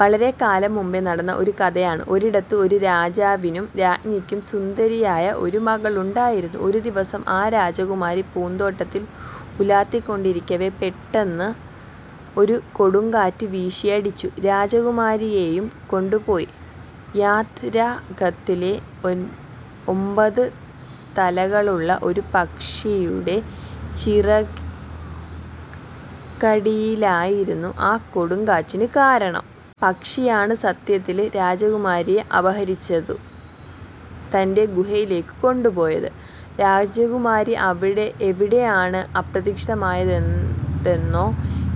വളരെക്കാലം മുമ്പ് നടന്ന ഒരു കഥയാണ്. ഒരിടത്ത് ഒരു രാജാവിനും രാജ്ഞിക്കും സുന്ദരിയായ ഒരു മകളുണ്ടായിരുന്നു. ഒരു ദിവസം, ആ രാജകുമാരി പൂന്തോട്ടത്തിൽ ഉലാത്തിക്കൊണ്ടിരിക്കെ, പെട്ടെന്ന് ഒരു കൊടുങ്കാറ്റ് വീശിയടിച്ച് രാജകുമാരിയെയും കൊണ്ടുപോയി. യദാര്ത്ഥത്തില് ഒമ്പത് തലകളുള്ള ഒരു പക്ഷിയുടെ ചിറകടിയായിരുന്നു ആ കൊടുങ്കാറ്റിന് കാരണം! പക്ഷിയാണ് സത്യത്തില് രാജകുമാരിയെ അപഹരിച്ചു തന്റെ ഗുഹയിലേക്ക് കൊണ്ടുപോയത്. രാജകുമാരി എവിടെയാണ് അപ്രത്യക്ഷമായതെന്നോ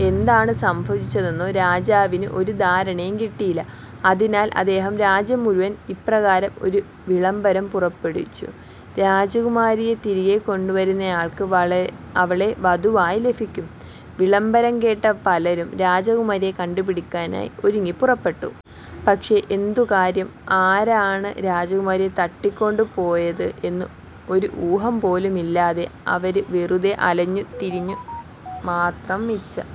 എന്താണ് സംഭവിച്ചതെന്നോ രാജാവിന് ഒരു ധാരണയും കിട്ടിയില്ല, അതിനാൽ അദ്ദേഹം രാജ്യം മുഴുവൻ ഇപ്രകാരം ഒരു വിളംബരം പുറപ്പെടുവിച്ചു: "രാജകുമാരിയെ തിരികെ കൊണ്ടുവരുന്നയാൾക്ക് അവളെ വധുവായി ലഭിക്കും! " വിളംബരം കേട്ട പലരും രാജകുമാരിയെ കണ്ടുപിടിക്കാന് ഒരുങ്ങി പുറപ്പെട്ടു. പക്ഷേ എന്തു കാര്യം? ആരാണ് രാജകുമാരിയെ തട്ടിക്കൊണ്ട് പോയത് എന്ന് ഒരു ഊഹം പോലുമില്ലാതെ അവര് വെറുതെ അലഞ്ഞു തിരിഞ്ഞത് മാത്രം മിച്ചം!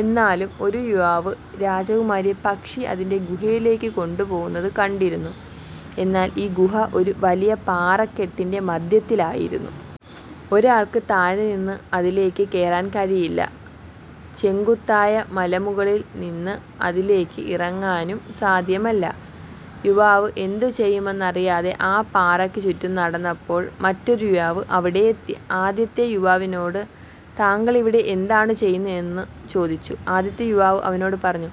എന്നാല് ഒരു യുവാവ് രാജകുമാരിയെ പക്ഷി അതിന്റെ ഗുഹയിലേക്ക് കൊണ്ടുപോകുന്നത് കണ്ടിരുന്നു. എന്നാല് ഈ ഗുഹ ഒരു വലിയ പാറക്കെട്ടിന്റെ മധ്യത്തിലായിരുന്നു. ഒരാൾക്ക് താഴെ നിന്ന് അതിലേക്ക് കയറാൻ കഴിയില്ല, ചെങ്കുത്തായ മലമുകളിൽ നിന്ന് അതിലേക്ക് ഇറങ്ങാനും സാധ്യമല്ല. യുവാവ് എന്തു ചെയ്യണമെന്ന് അറിയാതെ ആ പാറയ്ക്ക് ചുറ്റും നടക്കുമ്പോൾ, മറ്റൊരു യുവാവ് അവിടെയെത്തി. ആദ്യത്തെ യുവാവിനോട് താങ്കള് ഇവിടെ എന്താണ് ചെയ്യുന്നതെന്ന് ചോദിച്ചു. ആദ്യത്തെ യുവാവ് അവനോട് പറഞ്ഞു,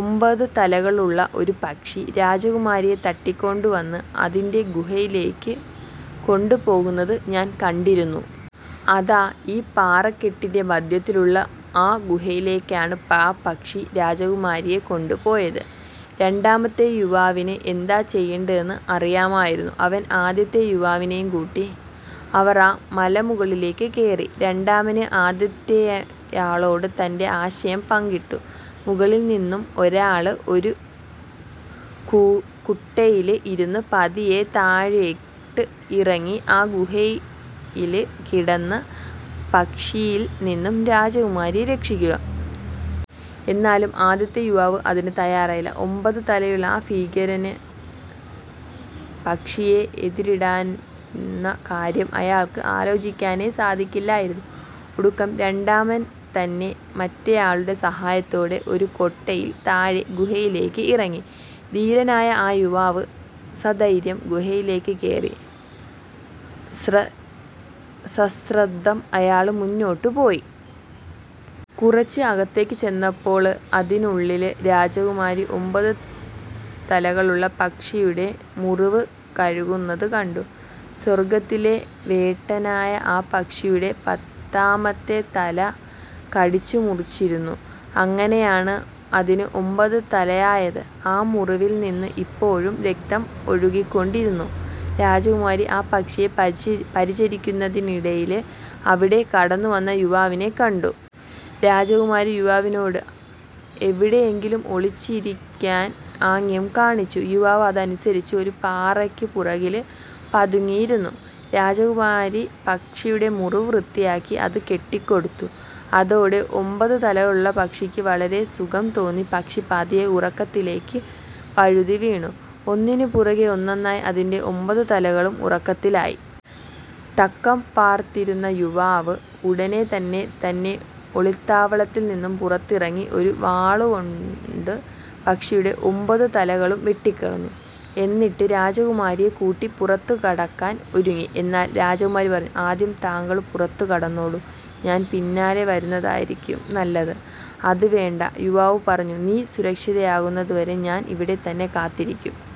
"ഒമ്പത് തലകളുള്ള ഒരു പക്ഷി രാജകുമാരിയെ തട്ടിക്കൊണ്ടു വന്ന് അതിന്റെ ഗുഹയിലേക്ക് കൊണ്ട് പോകുന്നത് ഞാന് കണ്ടിരുന്നു. അതാ ഈ പാറക്കെട്ടിന്റെ മധ്യത്തിലുള്ള ആ ഗുഹായിലേയ്ക്കാണ് ആ പക്ഷി രാജകുമാരിയെ കൊണ്ട് പോയത്" രാണ്ടാമത്തെ യുവാവിന് എന്താണ് ചെയ്യേണ്ടതെന്ന് അറിയാമായിരുന്നു. അവൻ ആദ്യത്തെ യുവാവിനെയും കൂട്ടി അവർ ആ മലമുകളിലേയ്ക്ക് കയറി. രണ്ടാമന് ആദ്യത്തെയാളോട് തന്റെ ആശയം പങ്കിട്ടു. മുകളില് നിന്നും ഒരാള് ഒരു കൂട്ടയില് ഇരുന്ന് പതിയെ താഴോട്ട് ഇറങ്ങി ആ ഗുഹയില് കടന്ന് പക്ഷിയില് നിന്നും രാജകുമാരിയെ രക്ഷിക്കുക. എന്നാല് ആദ്യത്തെ യുവാവ് അതിന് തയ്യാറായില്ല. ഒമ്പത് തലയുള്ള ആ ഭീകരന് പക്ഷിയെ എതിരിടുന്ന കാര്യം അയാള്ക്ക് ആലോചിക്കാനേ സാധിക്കില്ലായിരുന്നു. ഒടുക്കം രണ്ടാമന് തന്നെ മറ്റെയാളുടെ സഹായത്തോടെ ഒരു കൊട്ടയിൽ താഴെ ഗുഹയിലേക്ക് ഇറങ്ങി. ധീരനായ ആ യുവാവ് സധൈര്യം ഗുഹയിലേക്ക് കയറി. സശ്രദ്ധം അയാള് മുന്നോട്ട് പോയി. കുറച്ചു അകത്തേയ്ക്ക് ചെന്നപ്പോള്, അതിനുള്ളില് രാജകുമാരി ഒമ്പത് തലകളുള്ള പക്ഷിയുടെ മുറിവ് കഴുകുന്നത് കണ്ടു. സ്വർഗ്ഗത്തിലെ വേട്ടനായ ആ പക്ഷിയുടെ പത്താമത്തെ തല കടിച്ചു മുറിച്ചിരുന്നു. അങ്ങിനെയാണ് അതിന് ഒമ്പത് തലയായത്. ആ മുറിവിൽ നിന്ന് ഇപ്പോഴും രക്തം ഒഴുകിക്കൊണ്ടിരുന്നു. രാജകുമാരി ആ പക്ഷിയെ പരിചരിക്കുന്നതിനിടയില്, അവിടെ കടന്നു വന്ന യുവാവിനെ കണ്ടു. രാജകുമാരി യുവാവിനോട് എവിടെയെങ്കിലും ഒളിച്ചിരിക്കാന് ആംഗ്യം കാണിച്ചു. യുവാവ് അതനുസരിച്ച് ഒരു പാറയ്ക്ക് പുറകില് പതുങ്ങിയിരുന്നു. രാജകുമാരി പക്ഷിയുടെ മുറിവ് വൃത്തിയാക്കി അത് കെട്ടിക്കൊടുത്തു. അതോടെ ഒമ്പത് തലകളുള്ള പക്ഷിക്ക് വളരെ സുഖം തോന്നി. പക്ഷി പതിയെ ഉറക്കത്തിലേയ്ക്ക് വഴുതി വീണു. ഒന്നിന് പുറകെ ഒന്നായി അതിന്റെ ഒമ്പത് തലകളും ഉറക്കത്തിലായി. തക്കം പാര്ത്തിരുന്ന യുവാവ് ഉടന് തന്നെ തന്നെ ഒളിത്താവളത്തിൽ നിന്ന് പുറത്തിറങ്ങി, ഒരു വാളുകൊണ്ട് പക്ഷിയുടെ ഒമ്പത് തലകളും വെട്ടിക്കളഞ്ഞു. എന്നിട്ട് രാജകുമാരിയെ കൂട്ടി പുറത്തു കടക്കാന് ഒരുങ്ങി. എന്നാൽ രാജകുമാരി പറഞ്ഞു: "ആദ്യം താങ്കള് പുറത്തു കടന്നോളൂ, ഞാൻ പിന്നാലെ വരുന്നതായിരിക്കും നല്ലത്. " "അത് വേണ്ട," യുവാവ് പറഞ്ഞു. "നീ സുരക്ഷിതയാകുന്നതുവരെ ഞാൻ ഇവിടെ തന്നെ കാത്തിരിക്കും. "